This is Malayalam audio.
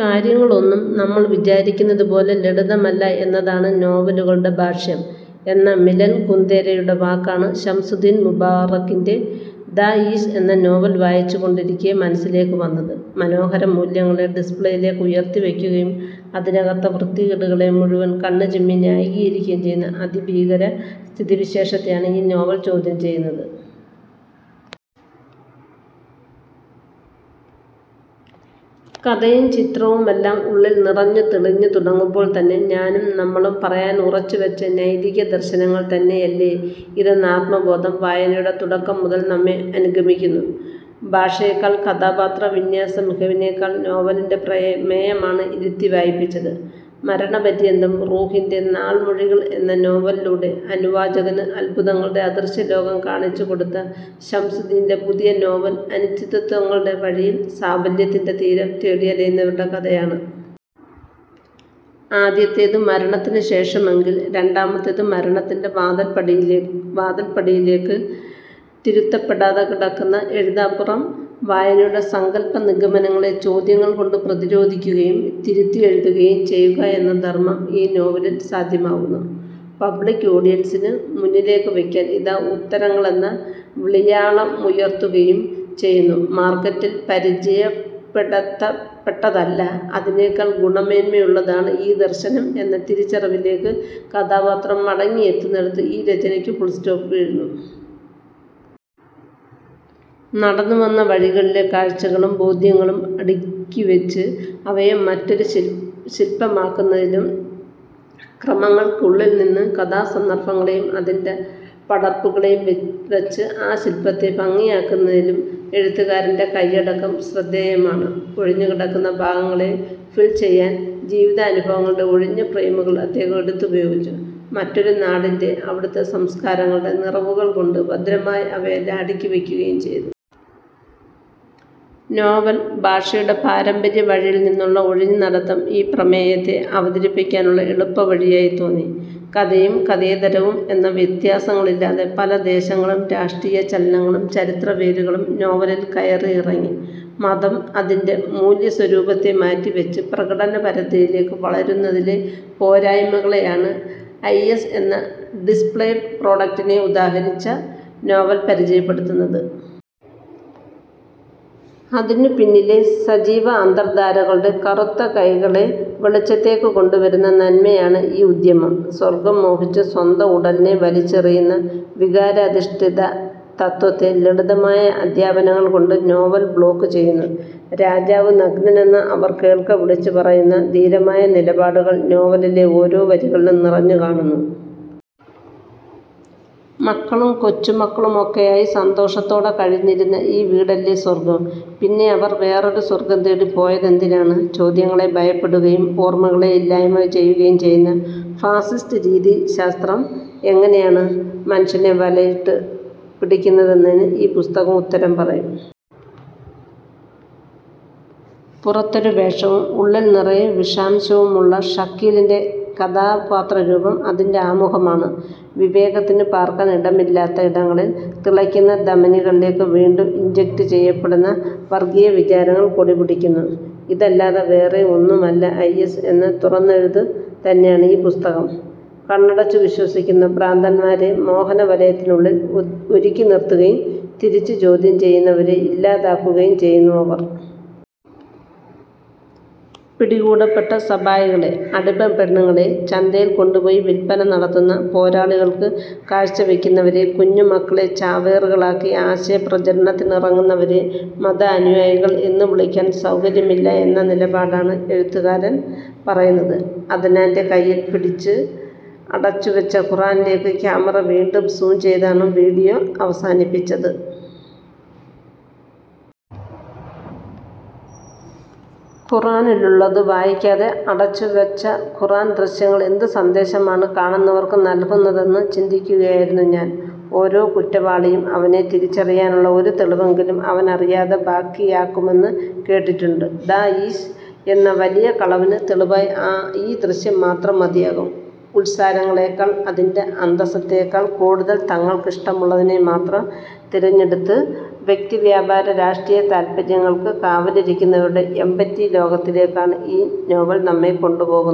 കാര്യങ്ങളൊന്നും നമ്മൾ വിചാരിക്കുന്നതുപോലെ ലളിതമല്ല എന്നതാണ് നോവലുകളുടെ ഭാഷ്യം എന്ന മിലൻ കുന്ദേരയുടെ വാക്കാണ് ശംസുദ്ദീൻ മുബാറക്കിന്റെ ' ദാഇശ് ' എന്ന നോവൽ വായിച്ചുകൊണ്ടിരിക്കേ മനസ്സിലേക്ക് വന്നത്. മനോഹര മൂല്യങ്ങളെ ഡിസ്പ്ലേയിലേക്ക് ഉയർത്തിവയ്ക്കുകയും, അതിനകത്തെ വൃത്തികേടുകളെ മുഴുവൻ കണ്ണുചിമ്മി ന്യായീകരിക്കുകയും ചെയ്യുന്ന അതിഭീകര സ്ഥിതിവിശേഷത്തെയാണ് ഈ നോവൽ ചോദ്യം ചെയ്യുന്നത്. കഥയും ചിത്രവുമെല്ലാം ഉള്ളിൽ നിറഞ്ഞ് തെളിഞ്ഞു തുടങ്ങുമ്പോൾതന്നെ ഞാനും നമ്മളും പറയാൻ ഉറച്ചുവച്ച നൈതിക ദർശനങ്ങൾ തന്നെയെല്ലോ ഇതെന്ന ആത്മബോധം വായനയുടെ തുടക്കം മുതൽ നമ്മെ അനുഗമിക്കുന്നു. ഭാഷയേക്കാൾ, കഥാപാത്ര വിന്യാസ മികവിനെക്കൾ നോവലിന്റെ പ്രമേയമാണ് ഇരുത്തി വായിപ്പിച്ചത്. ' മരണപര്യന്തം റൂഹിന്റെ നാൾമൊഴികൾ ' എന്ന നോവലിലൂടെ അനുവാചകന് അത്ഭുതങ്ങളുടെ അദൃശ്യ ലോകം കാണിച്ചുകൊടുത്ത ശംസുദ്ദീന്റെ പുതിയ നോവൽ അനിശ്ചിതത്വങ്ങളുടെ വഴിയിൽ സാഫല്യത്തിന്റെ തീരം തേടിയലയുന്നവരുടെ കഥയാണ്. ആദ്യത്തേത് മരണത്തിനു ശേഷമെങ്കിൽ, രണ്ടാമത്തേത് മരണത്തിന്റെ വാതിൽപ്പടിയിലേക്ക് തിരുത്തപ്പെടാതെ കിടക്കുന്ന എഴുതാപ്പുറം വായനയുടെ സങ്കൽപ്പ നിഗമനങ്ങളെ ചോദ്യങ്ങൾ കൊണ്ട് പ്രധിരോധിക്കുകയും തിരുത്തിയെഴുതുകയും ചെയ്യുക എന്ന ധർമ്മം ഈ നോവലിൽ സാധ്യമാവുന്നു. പബ്ലിക് ഓഡിയൻസിന് മുന്നിലേക്ക് വെക്കാൻ ഇതാ ഉത്തരങ്ങളെന്ന വിളിയാളമുയർത്തുകയും ചെയ്യുന്നു. മാർക്കറ്റിൽ പരിചയപ്പെടുത്തപ്പെട്ടതല്ല, അതിനേക്കാൾ ഗുണമേന്മയുള്ളതാണ് ഈ ദർശനം എന്ന തിരിച്ചറിവിലേക്ക് കഥാപാത്രം മടങ്ങിയെത്തുന്നിടത്ത് ഈ രചനയ്ക്ക് ഫുൾസ്റ്റോപ്പ് വീഴുന്നു. നടന്നുവന്ന വഴികളിലെ കാഴ്ചകളും ബോധ്യങ്ങളും അടുക്കിവച്ച് അവയെ മറ്റൊരു ശിൽപമാക്കുന്നതിലും, ക്രമങ്ങൾക്കുള്ളിൽനിന്ന് കഥാ സന്ദർഭങ്ങളെയും അതിന്റെ പടർപ്പുകളെയും വച്ച് ആ ശിൽപ്പത്തെ ഭംഗിയാക്കുന്നതിലും എഴുത്തുകാരന്റെ കയ്യടക്കം ശ്രദ്ധേയമാണ്. ഒഴിഞ്ഞുകിടക്കുന്ന ഭാഗങ്ങളെ ഫിൽ ചെയ്യാൻ ജീവിതാനുഭവങ്ങളുടെ ഒഴിഞ്ഞ ഫ്രെയിമുകൾ അദ്ദേഹം എടുത്തുപയോഗിച്ചു. മറ്റൊരു നാടിന്റെ, അവിടത്തെ സംസ്കാരങ്ങളുടെ നിറവുകൾ കൊണ്ട് ഭദ്രമായി അവയെല്ലാം അടുക്കിവയ്ക്കുകയും ചെയ്തു. നോവൽ ഭാഷയുടെ പാരമ്പര്യ വഴിയിൽനിന്നുള്ള ഒഴിഞ്ഞു നടത്തം ഈ പ്രമേയത്തെ അവതരിപ്പിക്കാനുള്ള എളുപ്പ വഴിയായി തോന്നി. കഥയും കഥേതരവും എന്ന വ്യത്യാസങ്ങളില്ലാതെ പല ദേശങ്ങളും രാഷ്ട്രീയ ചലനങ്ങളും ചരിത്ര വേരുകളും നോവലിൽ കയറിയിറങ്ങി. മതം, അതിന്റെ മൂല്യ സ്വരൂപത്തെ മാറ്റിവച്ച് പ്രകടനപരതയിലേക്ക് വളരുന്നതിലെ പോരായ്മകളെയാണ് ഐഎസ് എന്ന ഡിസ്പ്ലെഡ് പ്രൊഡക്ടിനെ ഉദാഹരിച്ച് നോവൽ പരിചയപ്പെടുത്തുന്നത്. അതിനു പിന്നിലെ സജീവ അന്തർധാരകളുടെ കറുത്ത കൈകളെ വെളിച്ചത്തേക്ക് കൊണ്ടുവരുന്ന നന്മയാണ് ഈ ഉദ്യമം. സ്വർഗം മോഹിച്ച് സ്വന്തം ഉടലിനെ വലിച്ചെറിയുന്ന വികാരാധിഷ്ഠിത തത്വത്തെ ലളിതമായ അധ്യാപനങ്ങൾ കൊണ്ട് നോവൽ ബ്ലോക്ക് ചെയ്യുന്നു. രാജാവ് നഗ്നനെന്ന് അവർ കേൾക്കെ വിളിച്ചു പറയുന്ന ധീരമായ നിലപാടുകൾ നോവലിലെ ഓരോ വരികളിലും നിറഞ്ഞു കാണുന്നു. '' മക്കളും കൊച്ചുമക്കളുമൊക്കെയായി സന്തോഷത്തോടെ കഴിഞ്ഞിരുന്ന ഈ വീടല്ലേ സ്വർഗം. പിന്നെ അവർ വേറൊരു സ്വർഗം തേടി പോയതെന്തിനാണ്? '' ചോദ്യങ്ങളെ ഭയപ്പെടുകയും, ഓർമ്മകളെ ഇല്ലായ്മ ചെയ്യുകയും ചെയ്യുന്ന ഫാസിസ്റ്റ് രീതിശാസ്ത്രം എങ്ങനെയാണ് മനുഷ്യനെ വലയിട്ടു പിടിക്കുന്നതെന്നതിന് ഈ പുസ്തകം ഉത്തരം പറയും. പുറത്തൊരു വേഷവും ഉള്ളിൽ നിറയെ വിഷാംശവുമുള്ള ഷക്കീലിന്റെ കഥാപാത്രരൂപം അതിന്റെ ആമുഖമാണ്. വിവേകത്തിന് പാർക്കാൻ ഇടമില്ലാത്ത ഇടങ്ങളിൽ, തിളയ്ക്കുന്ന ധമനികളിലേക്ക് വീണ്ടും ഇൻജെക്റ്റ് ചെയ്യപ്പടുന്ന വർഗീയ വിചാരങ്ങൾ കൊടിപിടിക്കുന്നു. ഇതല്ലാതെ വേറെ ഒന്നുമല്ല ഐഎസ് എന്ന തുറന്നെഴുതു തന്നെയാണ് ഈ പുസ്തകം. കണ്ണടച്ചു വിശ്വസിക്കുന്ന ഭ്രാന്തന്മാരെ മോഹന വലയത്തിനുള്ളിൽ ഒരുക്കി നിർത്തുകയും, തിരിച്ചു ചോദ്യം ചെയ്യുന്നവരെ ഇല്ലാതെയാക്കുകയും ചെയ്യുന്നു അവർ. പിടികൂടപ്പെട്ട സബായകളെ- അടിമപ്പെണ്ണുങ്ങളെ- ചന്തയിൽ കൊണ്ടുപോയി വിൽപ്പന നടത്തുന്ന, പോരാളികൾക്ക് കാഴ്ചവയ്ക്കുന്നവരെ, കുഞ്ഞുമക്കളെ ചാവേറുകളാക്കി ആശയ പ്രചാരണത്തിനിറങ്ങുന്നവരെ മതാനുയായികൾ എന്ന് വിളിക്കാൻ സൗകര്യമില്ല എന്ന നിലപാടാണ് എഴുത്തുകാരൻ പറയുന്നത്. '' അദ്നാന്റെ കയ്യിൽ പിടിച്ച അടച്ചുവച്ച ഖുർആനിലേക്ക് ക്യാമറ വീണ്ടും സൂം ചെയ്താണ് വീഡിയോ അവസാനിപ്പിച്ചത്. ഖുർആനിലുള്ളത് വായിക്കാതെ അടച്ചുവച്ച ഖുർആൻ ദൃശ്യങ്ങൾ എന്ത് സന്ദേശമാണ് കാണുന്നവർക്ക് നൽകുന്നതെന്ന് ചിന്തിക്കുകയായിരുന്നു ഞാൻ. ഓരോ കുറ്റവാളിയും അവനെ തിരിച്ചറിയാനുള്ള ഒരു തെളിവെങ്കിലും അവനറിയാതെ ബാക്കിയാക്കുമെന്ന് കേട്ടിട്ടുണ്ട്. ദാഇശ് എന്ന വലിയ കളവിന് തെളിവായി ഈ ദൃശ്യം മാത്രം മതിയാകും '' ഉൾസാരങ്ങളെക്കാൾ, അതിന്റെ അന്തസത്തയേക്കാൾ കൂടുതൽ, തങ്ങൾക്കിഷ്ടമുള്ളതിനെ മാത്രം തിരഞ്ഞെടുത്തത് വ്യക്തി വ്യാപാര രാഷ്ട്രീയ താല്പര്യൾക്ക് കാവലിരിക്കുന്നവരുടെ എംപ്റ്റി ലോകത്തിലേക്കാണ് ഈ നോവൽ നമ്മെ കൊണ്ടുപോകുന്നത്.